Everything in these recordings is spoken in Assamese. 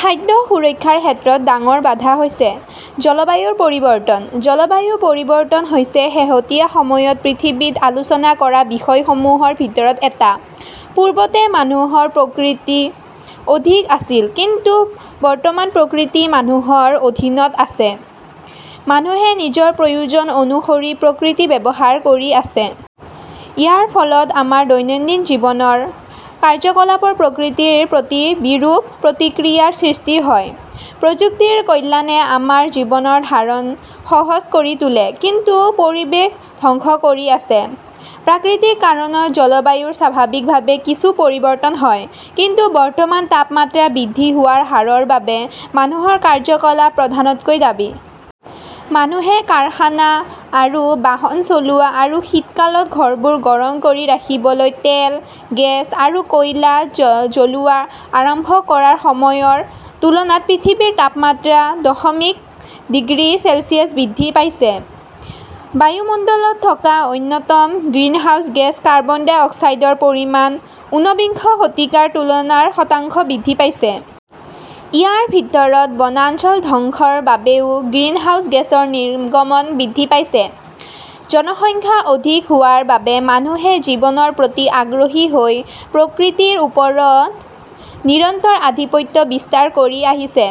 খাদ্য সুৰক্ষাৰ ক্ষেত্ৰত ডাঙৰ বাধা হৈছে, জলবায়ু পৰিৱৰ্তন। জলবায়ু পৰিৱৰ্তন হৈছে শেহতীয়া সময়ত পৃথিৱীত আলোচনা কৰা বিষয়সমূহৰ ভিতৰত এটা। পূৰ্বতে মানুহ প্ৰকৃতিৰ অধীনত আছিল; কিন্তু বৰ্তমান প্ৰকৃতি মানুহৰ অধীনত আছে। মানুহে নিজৰ প্ৰয়োজন অনুসৰি প্ৰকৃতি ব্যৱহাৰ কৰি আছে। ইয়াৰ ফলত আমাৰ দৈনন্দিন জীৱনৰ কাৰ্যকলাপৰ প্ৰকৃতিৰ প্ৰতি বিৰূপ প্ৰতিক্ৰিয়াৰ সৃষ্টি হয়। প্ৰযুক্তিৰ কল্যাণে আমাৰ জীৱন ধাৰণ সহজ কৰি তোলে, কিন্তু পৰিৱেশ ধ্বংস কৰি আছে। প্ৰাকৃতিক কাৰণত জলবায়ুৰ স্বাভাৱিকভাৱে কিছু পৰিৱৰ্তন হয়। কিন্তু বৰ্তমান তাপমাত্ৰা বৃদ্ধি হোৱাৰ হাৰৰ বাবে মানুহৰ কাৰ্যকলাপ প্ৰধানকৈ দায়ী। মানুহে কাৰখানা আৰু বাহন চলোৱা আৰু শীতকালত ঘৰবোৰ গৰম কৰি ৰাখিবলৈ তেল, গেছ আৰু কয়লা জ্বলোৱা আৰম্ভ কৰাৰ সময়ৰ তুলনাত পৃথিৱীৰ তাপমাত্ৰা দশমিক ডিগ্ৰী চেলছিয়াছ বৃদ্ধি পাইছে। বায়ুমণ্ডলত থকা অন্যতম গ্ৰিনহাউচ গেছ কাৰ্বন ডাই অক্সাইডৰ পৰিমাণ ঊনবিংশ শতিকাৰ তুলনাত শতাংশ বৃদ্ধি পাইছে। ইয়াৰ ভিতৰত, বনাঞ্চল ধ্বংসৰ বাবেও গ্ৰিনহাউচ গেছৰ নিৰ্গমন বৃদ্ধি পাইছে। জনসংখ্যা অধিক হোৱাৰ বাবে মানুহে জীৱনৰ প্ৰতি আগ্ৰহী হৈ প্ৰকৃতিৰ ওপৰত নিৰন্তৰ আধিপত্য বিস্তাৰ কৰি আহিছে।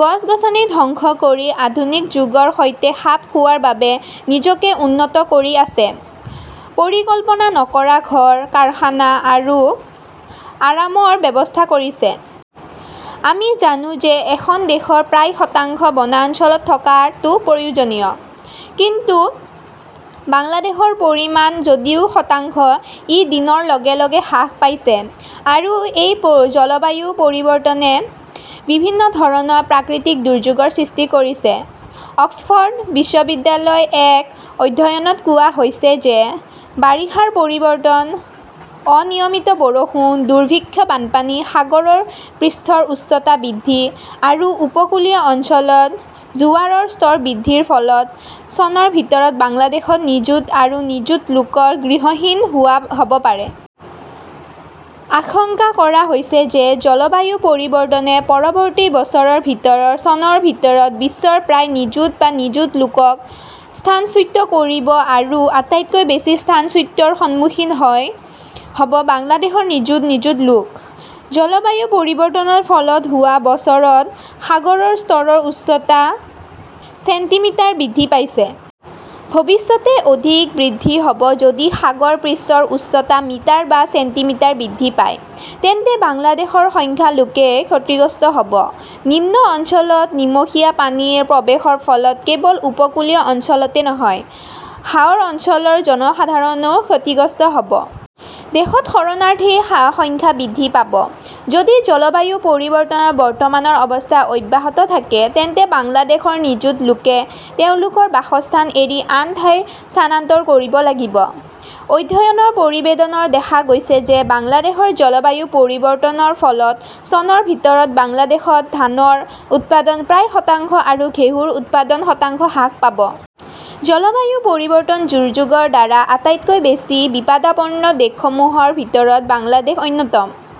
গছ-গছনি ধ্বংস কৰি আধুনিক যুগৰ সৈতে খাপ খোৱাৰ বাবে নিজকে উন্নত কৰি আছে, পৰিকল্পনা নকৰা ঘৰ, কাৰখানা আৰু আৰামৰ ব্যৱস্থা কৰিছে। আমি জানো যে, এখন দেশৰ প্ৰায় শতাংশ বনাঞ্চল থকাটো প্ৰয়োজনীয়, কিন্তু বাংলাদেশৰ পৰিমাণ যদিও শতাংশ, ই দিনৰ লগে লগে হ্ৰাস পাইছে। আৰু এই জলবায়ু পৰিৱৰ্তনে বিভিন্ন ধৰণৰ প্ৰাকৃতিক দুৰ্যোগৰ সৃষ্টি কৰিছে। অক্সফ'ৰ্ড বিশ্ববিদ্যালয়ৰ এক অধ্যয়নত কোৱা হৈছে যে, বাৰিষাৰ পৰিৱৰ্তন, অনিয়মিত বৰষুণ, দুৰ্ভিক্ষ, বানপানী, সাগৰৰ পৃষ্ঠৰ উচ্চতা বৃদ্ধি আৰু উপকূলীয় অঞ্চলত জোৱাৰৰ স্তৰ বৃদ্ধিৰ ফলত চনৰ ভিতৰত বাংলাদেশত নিযুত বা নিযুত লোক গৃহহীন হ'ব পাৰে। আশংকা কৰা হৈছে যে, জলবায়ু পৰিৱৰ্তনে পৰৱৰ্তী বছৰৰ ভিতৰত, চনৰ ভিতৰত বিশ্বৰ প্ৰায় নিযুত বা নিযুত লোকক স্থানচ্যুত কৰিব আৰু আটাইতকৈ বেছি স্থানচ্যুতিৰ সন্মুখীন হ'ব বাংলাদেশৰ নিযুত বা নিযুত লোক। জলবায়ু পৰিৱৰ্তনৰ ফলত যোৱা বছৰত সাগৰৰ স্তৰৰ উচ্চতা ছেণ্টিমিটাৰ বৃদ্ধি পাইছে। ভৱিষ্যতে অধিক বৃদ্ধি হ'ব, যদি সাগৰ পৃষ্ঠৰ উচ্চতা মিটাৰ বা ছেণ্টিমিটাৰ বৃদ্ধি পায়, তেন্তে বাংলাদেশৰ শতাংশ লোকে ক্ষতিগ্ৰস্ত হ'ব। নিম্ন অঞ্চলত নিমখীয়া পানীৰ প্ৰৱেশৰ ফলত কেৱল উপকূলীয় অঞ্চলতে নহয়, হাওৰ অঞ্চলৰ জনসাধাৰণো ক্ষতিগ্ৰস্ত হ'ব। দেশত শৰণাৰ্থীৰ সংখ্যা বৃদ্ধি পাব। যদি জলবায়ু পৰিৱৰ্তনৰ বৰ্তমানৰ অৱস্থা অব্যাহত থাকে, তেন্তে বাংলাদেশৰ নিযুত লোকে তেওঁলোকৰ বাসস্থান এৰি আন ঠাইত স্থানান্তৰ কৰিব লাগিব। অধ্যয়নৰ প্ৰতিবেদনত দেখা গৈছে যে বাংলাদেশৰ জলবায়ু পৰিৱৰ্তনৰ ফলত চনৰ ভিতৰত বাংলাদেশত ধানৰ উৎপাদন প্ৰায় শতাংশ আৰু ঘেঁহুৰ উৎপাদন শতাংশ হ্ৰাস পাব। জলবায়ু পৰিৱৰ্তন দুৰ্যোগৰ দ্বাৰা আটাইতকৈ বেছি বিপদাপন্ন দেশসমূহৰ ভিতৰত বাংলাদেশ অন্যতম।